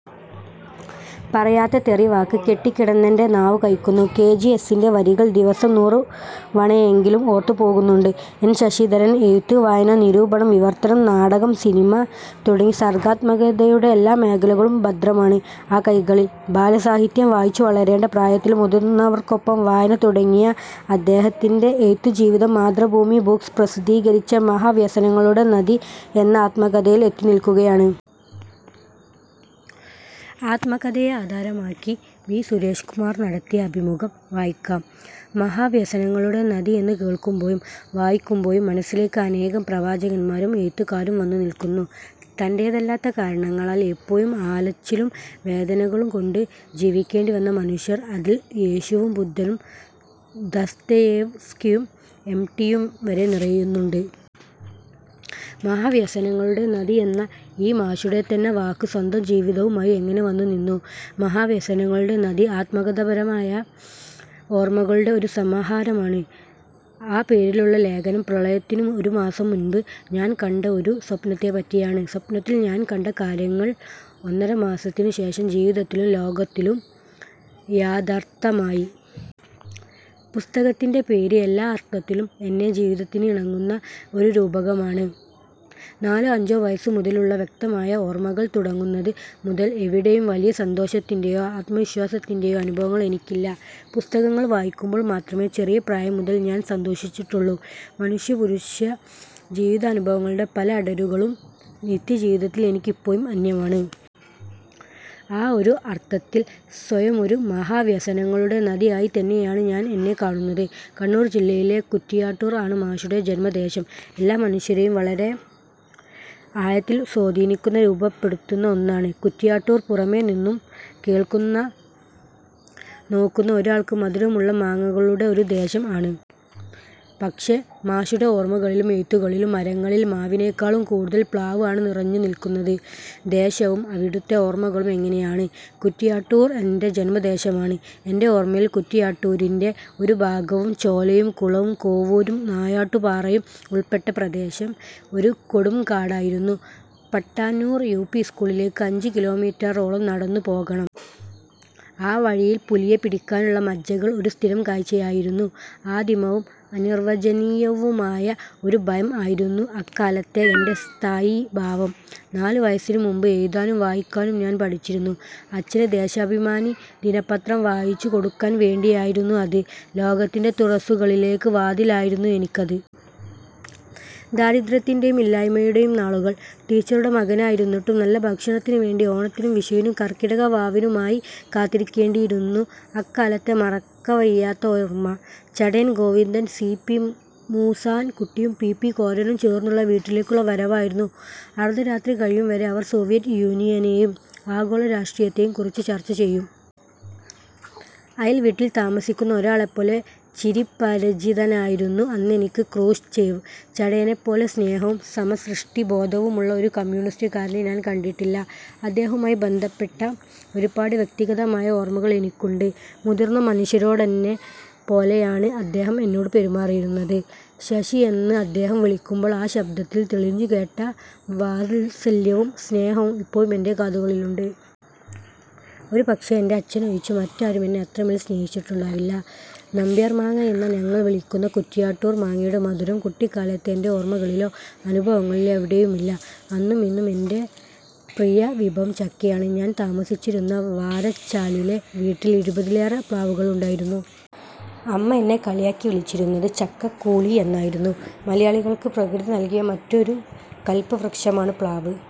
പറയാത്ത തെറി വാക്ക് കെട്ടിക്കിടന്നെൻ്റെ നാവു കയ്ക്കുന്നു 'കെ. ജി. എസ്സിൻ്റെ വരികൾ ദിവസം നൂറുവണയെങ്കിലും ഓർത്തുപോകുന്നുണ്ട് എൻ. ശശിധരൻ. എഴുത്ത്, വായന, നിരൂപണം, വിവർത്തനം, നാടകം, സിനിമ തുടങ്ങി സർഗാത്മകതയുടെ എല്ലാമേഖലകളും ഭദ്രമാണ് ആ കൈകകളിൽ. ബാലസാഹിത്യം വായിച്ചുവളരേണ്ട പ്രായത്തിൽ മുതിർന്നവർക്കൊപ്പം വായന തുടങ്ങിയ അദ്ദേഹത്തിൻ്റെ എഴുത്തുജീവിതം മാതൃഭൂമി ബുക്സ് പ്രസിദ്ധീകരിച്ച മഹാവ്യസനങ്ങളുടെ നദി എന്ന ആത്മകഥയിൽ എത്തിനിൽക്കുകയാണ്. ആത്മകഥയെ ആധാരമാക്കി വി. സുരേഷ് കുമാർ നടത്തിയ അഭിമുഖം വായിക്കാം. മഹാവ്യസനങ്ങളുടെ നദി എന്നു കേൾക്കുമ്പോഴും വായിക്കുമ്പോഴും മനസ്സിലേക്ക് അനേകം പ്രവാചകന്മാരും, എഴുത്തുകാരും വന്നു നിൽക്കുന്നു. തൻ്റേതല്ലാത്ത കാരണങ്ങളാൽ എപ്പോഴും അലച്ചിലും വേദനകളും കൊണ്ട് ജീവിക്കേണ്ടി വന്ന മനുഷ്യർ അതിൽ യേശുവും ബുദ്ധനും ദസ്തയേവ്‌സ്കിയും എം. ടി യും വരെ നിറയുന്നുണ്ട്. മഹാവ്യസനങ്ങളുടെ നദി എന്ന ഈ മാഷുടെ തന്നെ വാക്ക് സ്വന്തംജീവിതവുമായി എങ്ങനെ വന്നുനിന്നു? മഹാവ്യസനങ്ങളുടെ നദി ആത്മകഥാപരമായ ഓർമകളുടെ ഒരു സമാഹാരമാണ്. ആ പേരിലുള്ള ലേഖനം പ്രളയത്തിനു ഒരു മാസം മുമ്പ് ഞാൻ കണ്ട ഒരു സ്വപ്നത്തെപ്പറ്റിയാണ്. സ്വപ്നത്തിൽ ഞാൻ കണ്ട കാര്യങ്ങൾ ഒന്നര മാസത്തിന് ശേഷം ജീവിതത്തിലും ലോകത്തിലും യാഥാർത്ഥമായി. പുസ്തകത്തിൻ്റെ പേര് എല്ലാ അർത്ഥത്തിലും എൻ്റെ ജീവിതത്തിന് ഇണങ്ങുന്ന ഒരു രൂപകമാണ്. നാലോ അഞ്ചോ വയസ്സ് മുതലുള്ള വ്യക്തമായ ഓർമ്മകൾ തുടങ്ങുന്നത് മുതൽ എവിടെയും വലിയ സന്തോഷത്തിൻ്റെയോ ആത്മവിശ്വാസത്തിൻ്റെയോ അനുഭവങ്ങൾ എനിക്കില്ല. പുസ്തകങ്ങൾ വായിക്കുമ്പോൾ മാത്രമേ ചെറിയ പ്രായം മുതൽ ഞാൻ സന്തോഷിച്ചിട്ടുള്ളൂ 'മനുഷ്യ പുരുഷ ജീവിതാനുഭവങ്ങളുടെ പല അടരുകളും നിത്യജീവിതത്തിൽ എനിക്കിപ്പോഴും അന്യമാണ്. ആ ഒരു അർത്ഥത്തിൽ സ്വയമൊരു മഹാ വ്യസനങ്ങളുടെ നദി ആയി തന്നെയാണ് ഞാൻ എന്നെ കാണുന്നത്. കണ്ണൂർ ജില്ലയിലെ കുറ്റിയാട്ടൂർ ആണ് മാഷുടെ ജന്മദേശം എല്ലാ മനുഷ്യരെയും വളരെ ആഴത്തിൽ സ്വാധീനിക്കുന്ന രൂപപ്പെടുത്തുന്ന ഒന്നാണ്. കുറ്റിയാട്ടൂർ പുറമെ നിന്നും കേൾക്കുന്ന നോക്കുന്ന ഒരാൾക്ക് മധുരമുള്ള മാങ്ങകളുടെ ഒരു ദേശം ആണ്. പക്ഷേ മാഷുടെ ഓർമകളിലും എഴുത്തുകളിലും മരങ്ങളിൽ മാവിനെക്കാളും കൂടുതൽ പ്ലാവ് ആണ് നിറഞ്ഞു നിൽക്കുന്നത്. ദേശവും അവിടുത്തെ ഓർമകളും എങ്ങനെയാണ്? കുറ്റിയാട്ടൂർ എൻ്റെ ജന്മദേശമാണ്. എൻ്റെ ഓർമ്മയിൽ കൂറ്റിയാട്ടൂരിൻ്റെ ഒരു ഭാഗവും ചോലയും കുളവും കോവൂരും നായാട്ടു പാറയും ഉൾപെട്ട പ്രദേശം ഒരു കൊടുംകാടായിരുന്നു. പട്ടാന്നൂർ യുപി സ്ക്കൂളിലേക്ക് അഞ്ച് കിലോമീറ്ററോളം നടന്നു പോകണം. ആ വഴിയിൽ പുലിയെ പിടിക്കാനുള്ള മഞ്ചകൾ ഒരു സ്ഥിരം കാഴ്ചയായിരുന്നു. ആദിമവും അനിർവ്വചനീയവുമായ ഒരു ഭയം ആയിരുന്നു അക്കാലത്തെ എൻ്റെ സ്ഥായീഭാവം. നാല് വയസ്സിന് മുമ്പ് എഴുതാനും വായിക്കാനും ഞാൻ പഠിച്ചിരുന്നു. അച്ഛന് ദേശാഭിമാനി ദിനപത്രം വായിച്ചു കൊടുക്കാൻ വേണ്ടിയായിരുന്നു അത്. ലോകത്തിൻ്റെ തുറസ്സുകളിലേക്കുള്ള വാതിലായിരുന്നു എനിക്കത്. ദാരിദ്ര്യത്തിൻ്റെയും ഇല്ലായ്മയുടെയും നാളുകൾ. ടീച്ചറുടെ മകനായിരുന്നിട്ടും നല്ല ഭക്ഷണത്തിന് വേണ്ടി ഓണത്തിനും വിഷുവിനും കര്ക്കിടക വാവിനുമായി കാത്തിരിക്കേണ്ടിയിരുന്നു 'അക്കാലത്തെ മറക്കവയ്യാത്ത ഓര്മ്മ ചടയൻ ഗോവിന്ദൻ സി. പി മൂസാൻ കുട്ടിയും പി. പി. കോരനും ചേർന്നുള്ള വീട്ടിലേക്കുള്ള വരവായിരുന്നു. അർദ്ധരാത്രി കഴിയുംവരെ അവർ സോവിയറ്റ് യൂനിയനെയും ആഗോള രാഷ്ട്രീയത്തേയും കുറിച്ച് ചർച്ച ചെയ്യും. അയൽ വീട്ടിൽ താമസിക്കുന്ന ഒരാളെപ്പോലെ ചിരപരിചിതനായിരുന്നു അന്നെനിക്ക് ക്രൂഷ്ചേവ്, ചടയനെപ്പോലെ സ്നേഹവും സമസൃഷ്ടി ബോധവുമുള്ള ഒരു കമ്യൂണിസ്റ്റുകാരനെ ഞാൻ കണ്ടിട്ടില്ല. അദ്ദേഹവുമായി ബന്ധപ്പെട്ട ഒരുപാട് വ്യക്തിഗതമായ ഓർമ്മകൾ എനിക്കുണ്ട്. മുതിർന്ന മനുഷ്യരോടെന്ന പോലെയാണ് അദ്ദേഹം എന്നോട് പെരുമാറിയിരുന്നത്. ശശീ എന്ന് അദ്ദേഹം വിളിക്കുമ്പോൾ ആ ശബ്ദത്തിൽ തെളിഞ്ഞുകേട്ട വാസല്യവും സ്നേഹവും ഇപ്പോഴും എൻ്റെ കാതുകളിലുണ്ട്. ഒരു പക്ഷേ എൻ്റെ അച്ഛനൊഴിച്ച് മറ്റാരും എന്നെ അത്രമേൽ സ്നേഹിച്ചിട്ടുണ്ടാവില്ല. നമ്പ്യാർ മാങ്ങ എന്ന് ഞങ്ങൾ വിളിക്കുന്ന കുറ്റിയാട്ടൂർ മാങ്ങയുടെ മധുരം കുട്ടിക്കാലത്തെ എൻ്റെ ഓർമ്മകളിലോ അനുഭവങ്ങളിലോ എവിടെയുമില്ല. അന്നും ഇന്നും എൻ്റെ പ്രിയ വിഭവം ചക്കയാണ്. ഞാൻ താമസിച്ചിരുന്ന വാരച്ചാലിലെ വീട്ടിൽ ഇരുപതിലേറെ പ്ലാവുകളുണ്ടായിരുന്നു. അമ്മ എന്നെ കളിയാക്കി വിളിച്ചിരുന്നത് ചക്കക്കൂളി എന്നായിരുന്നു. മലയാളികൾക്ക് പ്രകൃതി നൽകിയ മറ്റൊരു കൽപവൃക്ഷമാണ് പ്ലാവ്.